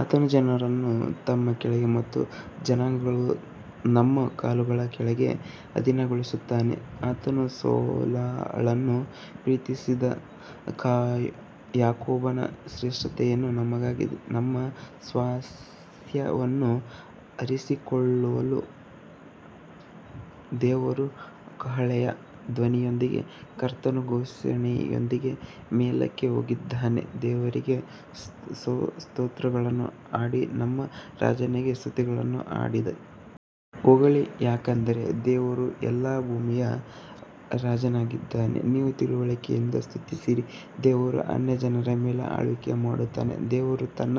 ಆತನು ಜನರನ್ನು ನಮ್ಮ ಕೆಳಗೆ ಮತ್ತು ಜನಾಂಗಗಳನ್ನು ನಮ್ಮ ಕಾಲುಗಳ ಕೆಳಗೆ ಅಧೀನಗೊಳಿಸುತ್ತಾನೆ ಆತನು ಸೇಲಾಳನ್ನು ಪ್ರೀತಿಸಿದ ಯಾಕೋಬನ ಶ್ರೇಷ್ಠತೆಯನ್ನು ನಮಗಾಗಿ ನಮ್ಮ ಸ್ವಾಸ್ತ್ಯವನ್ನು ಆರಿಸಿಕೊಳ್ಳುವನು ದೇವರು ಕಹಳೆಯ ಧ್ವನಿಯೊಂದಿಗೆ ಕರ್ತನು ಘೋಷಣೆಯೊಂದಿಗೆ ಮೇಲಕ್ಕೆ ಹೋಗಿದ್ದಾನೆ ದೇವರಿಗೆ ಸ್ತೋತ್ರಗಳನ್ನು ಹಾಡಿ ನಮ್ಮ ರಾಜನಿಗೆ ಸ್ತುತಿಗಳನ್ನು ಹಾಡಿ ಹೊಗಳಿ ಯಾಕಂದರೆ ದೇವರು ಎಲ್ಲಾ ಭೂಮಿಯ ರಾಜನಾಗಿದ್ದಾನೆ, ನೀವು ತಿಳುವಳಿಕೆಯಿಂದ ಸ್ತುತಿಸಿರಿ ದೇವರು ಅನ್ಯಜನರ ಮೇಲೆ ಆಳ್ವಿಕೆ ಮಾಡುತ್ತಾನೆ ದೇವರು ತನ್ನ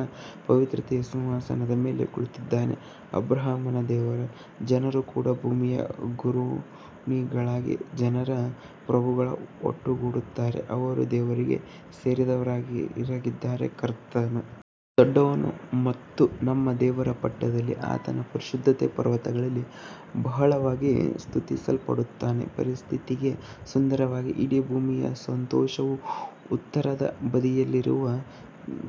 ಪವಿತ್ರತೆಯ ಸಿಂಹಾಸನದ ಮೇಲೆ ಕುಳಿತಿದ್ದಾನೆ ಅಬ್ರಹಾಮನ ದೇವರ ಜನರು ಕೂಡ ಭೂಮಿಯ ಗುರಾಣಿಗಳಿಗಾಗಿ ಜನರ ಪ್ರಭುಗಳು ಒಟ್ಟುಗೂಡುತ್ತಾರೆ, ಅವರು ದೇವರಿಗೆ ಸೇರಿದವರಾಗಿದ್ದಾರೆ ಕರ್ತನು ದೊಡ್ಡವನು ಮತ್ತು ನಮ್ಮ ದೇವರ ಪಟ್ಟಣದಲ್ಲಿ ಆತನ ಪರಿಶುದ್ಧತೆಯ ಪರ್ವತದಲ್ಲಿ ಬಹಳವಾಗಿ ಸ್ತುತಿಸಲ್ಪಡುತ್ತಾನೆ ಪರಿಸ್ಥಿತಿಗೆ ಸುಂದರವಾಗಿದೆ ಇಡೀ ಭೂಮಿಯ ಸಂತೋಷವು ಉತ್ತರದ ಬದಿಯಲ್ಲಿರುವ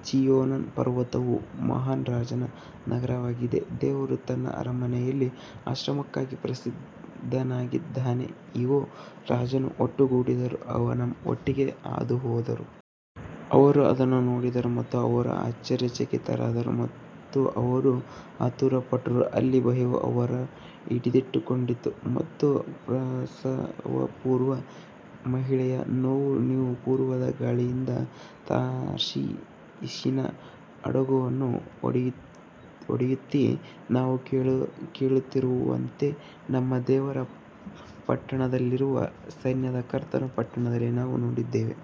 ಚೀಯೋನ್ ಪರ್ವತವು ಮಹಾನ್ ರಾಜನ ನಗರವಾಗಿದೆ ದೇವರು ತನ್ನ ಅರಮನೆಗಳಲ್ಲಿ ಆಶ್ರಯಕ್ಕಾಗಿ ಪ್ರಸಿದ್ಧನಾಗಿದ್ದಾನೆ ಇಗೋ, ರಾಜರು ಒಟ್ಟುಗೂಡಿದರು, ಅವರು ಒಟ್ಟಿಗೆ ಹಾದುಹೋದರು ಅವರು ಅದನ್ನು ನೋಡಿದರು ಮತ್ತು ಅವರು ಆಶ್ಚರ್ಯಚಕಿತರಾದರು ಮತ್ತು ಅವರು ಆತುರಪಟ್ಟರು ಅಲ್ಲಿ ಭಯವು ಅವರನ್ನು ಹಿಡಿದಿಟ್ಟುಕೊಂಡಿತು ಮತ್ತು ಪ್ರಸವಪೂರ್ವ ಮಹಿಳೆಯ ನೋವು ನೀನು ಪೂರ್ವದ ಗಾಳಿಯಿಂದ ತಾರ್ಷೀಷಿನ ಹಡಗುಗಳನ್ನು ಒಡೆಯುತ್ತೀ ನಾವು ಕೇಳಿರುವಂತೆಯೇ ನಮ್ಮ ದೇವರ ಪಟ್ಟಣದಲ್ಲಿರುವ ಸೈನ್ಯಗಳ ಕರ್ತನ ಪಟ್ಟಣದಲ್ಲಿ ನಾವು ನೋಡಿದ್ದೇವೆ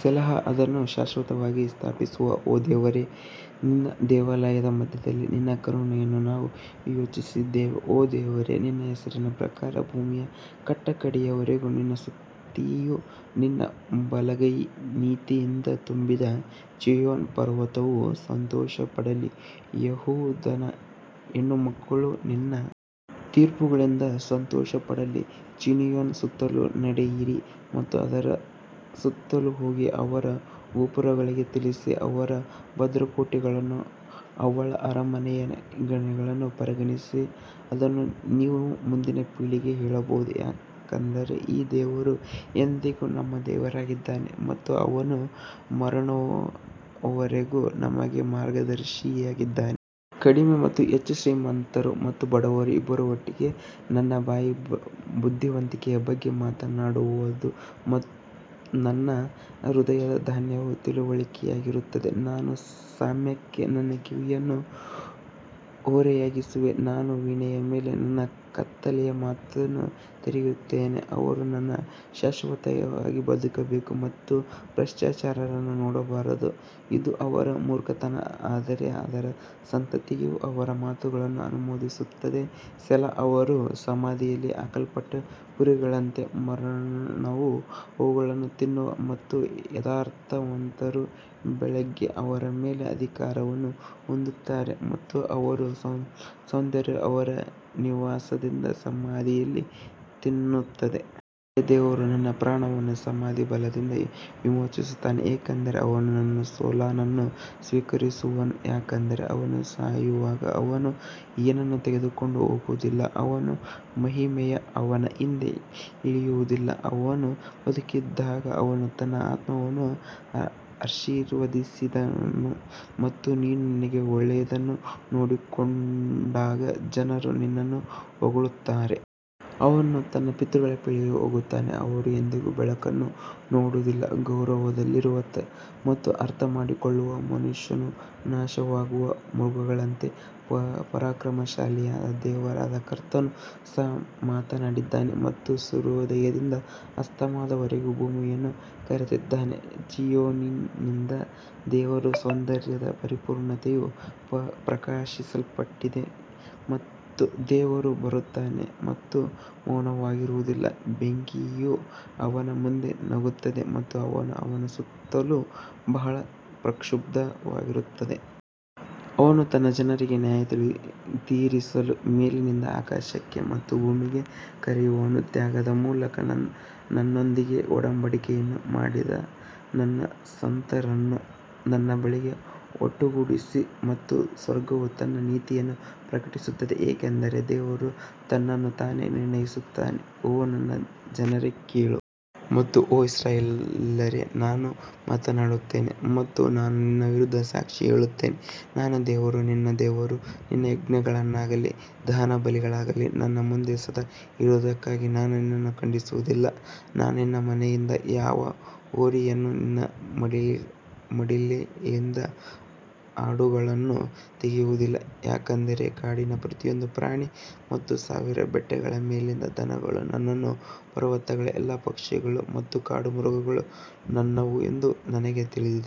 ಸೆಲಾಹ್ ಅದನ್ನು ಶಾಶ್ವತವಾಗಿ ಸ್ಥಾಪಿಸುವನು ಓ ದೇವರೇ, ನಿನ್ನ ದೇವಾಲಯದ ಮಧ್ಯದಲ್ಲಿ ನಿನ್ನ ಕರುಣೆಯನ್ನು ನಾವು ಯೋಚಿಸಿದ್ದೇವೆ ಓ ದೇವರೇ ನಿನ್ನ ಹೆಸರಿನ ಪ್ರಕಾರ ಭೂಮಿಯ ಕಟ್ಟಕಡೆಯ ವರೆಗೂ ನಿನ್ನ ಸ್ತುತಿಯು ನಿನ್ನ ಬಲಗೈಯು ನೀತಿಯಿಂದ ತುಂಬಿದೆ ಚೀಯೋನ್ ಪರ್ವತವು ಸಂತೋಷಪಡಲಿ, ಯೆಹೂದದ ಹೆಣ್ಣುಮಕ್ಕಳು ನಿನ್ನ ತೀರ್ಪುಗಳಿಂದ ಸಂತೋಷಪಡಲಿ ಚೀಯೋನಿನ ಸುತ್ತಲೂ ನಡೆಯಿರಿ ಮತ್ತು ಅದರ ಸುತ್ತಲೂ ಹೋಗಿ ಅದರ ಗೋಪುರಗಳಿಗೆ ತಿಳಿಸಿರಿ ಅವಳ ಭದ್ರಕೋಟೆಗಳನ್ನು ಅವಳ ಅರಮನೆಗಳನ್ನು ಪರಿಗಣಿಸಿ, ಅದನ್ನು ನೀವು ಮುಂದಿನ ಪೀಳಿಗೆಗೆ ಹೇಳಬಹುದು ಯಾಕಂದರೆ ಈ ದೇವರು ಎಂದೆಂದಿಗೂ ನಮ್ಮ ದೇವರಾಗಿದ್ದಾನೆ ಮತ್ತು ಅವನು ಮರಣದವರೆಗೂ ನಮಗೆ ಮಾರ್ಗದರ್ಶಿಯಾಗಿದ್ದಾನೆ ಕಡಿಮೆ ಮತ್ತು ಹೆಚ್ಚು ಶ್ರೀಮಂತರು ಮತ್ತು ಬಡವರು ಇಬ್ಬರೂ ಒಟ್ಟಿಗೆ ನನ್ನ ಬಾಯಿ ಬುದ್ಧಿವಂತಿಕೆಯ ಬಗ್ಗೆ ಮಾತನಾಡುವದು ಮತ್ತು ನನ್ನ ಹೃದಯದ ಧ್ಯಾನವು ತಿಳುವಳಿಕೆಯಾಗಿರುತ್ತದೆ ನಾನು ಸಾಮ್ಯಕ್ಕೆ ನನ್ನ ಕಿವಿಯನ್ನು ಓರೆಯಾಗಿಸುವೆನು, ನಾನು ವೀಣೆಯ ಮೇಲೆ ನನ್ನ ಕತ್ತಲೆಯ ಮಾತನ್ನು ತೆರೆಯುತ್ತೇನೆ ಅವರು ಇನ್ನೂ ಶಾಶ್ವತವಾಗಿ ಬದುಕಬೇಕು ಮತ್ತು ಭ್ರಷ್ಟಾಚಾರವನ್ನು ನೋಡಬಾರದು ಇದು ಅವರ ಮೂರ್ಖತನ ಆದರೆ ಅವರ ಸಂತತಿಯು ಅವರ ಮಾತುಗಳನ್ನು ಅನುಮೋದಿಸುತ್ತದೆ ಸೆಲಾ ಅವರು ಸಮಾಧಿಯಲ್ಲಿ ಹಾಕಲ್ಪಟ್ಟ ಕುರಿಗಳಂತೆ ಮರಣವು ಅವುಗಳನ್ನು ತಿನ್ನುವರು ಮತ್ತು ಯಥಾರ್ಥವಂತರು ಬೆಳಿಗ್ಗೆ ಅವರ ಮೇಲೆ ಅಧಿಕಾರವನ್ನು ಹೊಂದುತ್ತಾರೆ ಮತ್ತು ಅವರ ಸೌಂದರ್ಯವು ಅವರ ನಿವಾಸದಿಂದ ಸಮಾಧಿಯಲ್ಲಿ ತಿನ್ನುತ್ತದೆ. ಆದರೆ ದೇವರು ನನ್ನ ಪ್ರಾಣವನ್ನು ಸಮಾಧಿಯ ಬಲದಿಂದ ವಿಮೋಚಿಸುತ್ತಾನೆ ಏಕೆಂದರೆ ಅವನು ನನ್ನನ್ನು ಸೆಲಾನನ್ನು ಸ್ವೀಕರಿಸುವನು ಯಾಕಂದರೆ ಅವನು ಸಾಯುವಾಗ ಅವನು ಏನನ್ನೂ ತೆಗೆದುಕೊಂಡು ಹೋಗುವುದಿಲ್ಲ, ಅವನ ಮಹಿಮೆಯು ಅವನ ಹಿಂದೆ ಇಳಿಯುವುದಿಲ್ಲ ಅವನು ಬದುಕಿದ್ದಾಗ ಅವನು ತನ್ನ ಆತ್ಮವನ್ನು ಆಶೀರ್ವದಿಸಿದನು ಮತ್ತು ನೀನು ನಿನಗೆ ಒಳ್ಳೆಯದನ್ನು ಮಾಡಿಕೊಂಡಾಗ ಜನರು ನಿನ್ನನ್ನು ಹೊಗಳುತ್ತಾರೆ. ಅವನು ತನ್ನ ಪಿತೃಗಳ ಪೀಳಿಗೆಗೆ ಹೋಗುತ್ತಾನೆ, ಅವರು ಎಂದಿಗೂ ಬೆಳಕನ್ನು ನೋಡುವುದಿಲ್ಲ ಗೌರವದಲ್ಲಿರುವ ಮತ್ತು ಅರ್ಥಮಾಡಿಕೊಳ್ಳದ ಮನುಷ್ಯನು ನಾಶವಾಗುವ ಮೃಗಗಳಂತೆ ಪರಾಕ್ರಮಶಾಲಿಯಾದ ದೇವರಾದ ಕರ್ತನು ಸಹ ಮಾತನಾಡಿದ್ದಾನೆ ಮತ್ತು ಸೂರ್ಯೋದಯದಿಂದ ಅಸ್ತಮಾನದವರೆಗೆ ಭೂಮಿಯನ್ನು ಕರೆದಿದ್ದಾನೆ ಚೀಯೋನಿನಿಂದ ದೇವರು ಸೌಂದರ್ಯದ ಪರಿಪೂರ್ಣತೆಯು ಪ್ರಕಾಶಿಸಲ್ಪಟ್ಟಿದೆ ನಮ್ಮ ದೇವರು ಬರುತ್ತಾನೆ ಮತ್ತು ಮೌನವಾಗಿರುವುದಿಲ್ಲ, ಬೆಂಕಿಯು ಅವನ ಮುಂದೆ ನುಂಗುತ್ತದೆ ಮತ್ತು ಅದು ಅವನ ಸುತ್ತಲೂ ಬಹಳ ಪ್ರಕ್ಷುಬ್ಧವಾಗಿರುತ್ತದೆ. ಆತನು ತನ್ನ ಜನರಿಗೆ ನ್ಯಾಯತೀರಿಸಲು ಮೇಲಿನಿಂದ ಆಕಾಶಕ್ಕೆ ಮತ್ತು ಭೂಮಿಗೆ ಕರೆಯುವನು ತ್ಯಾಗದ ಮೂಲಕ ನನ್ನೊಂದಿಗೆ ಒಡಂಬಡಿಕೆಯನ್ನು ಮಾಡಿದ ನನ್ನ ಸಂತರನ್ನು ನನ್ನ ಬಳಿಗೆ ಒಟ್ಟುಗೂಡಿಸು ಮತ್ತು ಸ್ವರ್ಗವು ತನ್ನ ನೀತಿಯನ್ನು ಪ್ರಕಟಿಸುತ್ತದೆ ಏಕೆಂದರೆ ದೇವರು ತನ್ನನ್ನು ತಾನೇ ನಿರ್ಣಯಿಸುತ್ತಾನೆ. ಓ ನನ್ನ ಜನರೇ ಕೇಳು ಮತ್ತು ಓ ಇಸ್ರಾಯೇಲ್ಯರೇ ನಾನು ಮಾತನಾಡುತ್ತೇನೆ ಮತ್ತು ನಾನು ನಿನ್ನ ವಿರುದ್ಧ ಸಾಕ್ಷಿ ಹೇಳುತ್ತೇನೆ ನಾನು ದೇವರು ನಿನ್ನ ದೇವರು ನಿನ್ನ ಯಜ್ಞಗಳಾಗಲಿ ದಹನಬಲಿಗಳಾಗಲಿ ನನ್ನ ಮುಂದೆ ಸದಾ ಇರುವದಕ್ಕಾಗಿ ನಾನು ನಿನ್ನನ್ನು ಖಂಡಿಸುವುದಿಲ್ಲ ನಾನು ನಿನ್ನ ಮನೆಯಿಂದ ಯಾವ ಹೋರಿಯನ್ನೂ ನಿನ್ನ ಮಡಿಗಳಿಂದ ಆಡುಗಳನ್ನೂ ತೆಗೆಯುವುದಿಲ್ಲ ಯಾಕಂದರೆ ಕಾಡಿನ ಪ್ರತಿಯೊಂದು ಪ್ರಾಣಿ ಮತ್ತು ಸಾವಿರ ಬೆಟ್ಟಗಳ ಮೇಲಿನ ದನಗಳು ನನ್ನದು ಪರ್ವತಗಳ ಎಲ್ಲಾ ಪಕ್ಷಿಗಳು ಮತ್ತು ಕಾಡು ಮೃಗಗಳು ನನ್ನವು ಎಂದು ನನಗೆ ತಿಳಿದಿದೆ.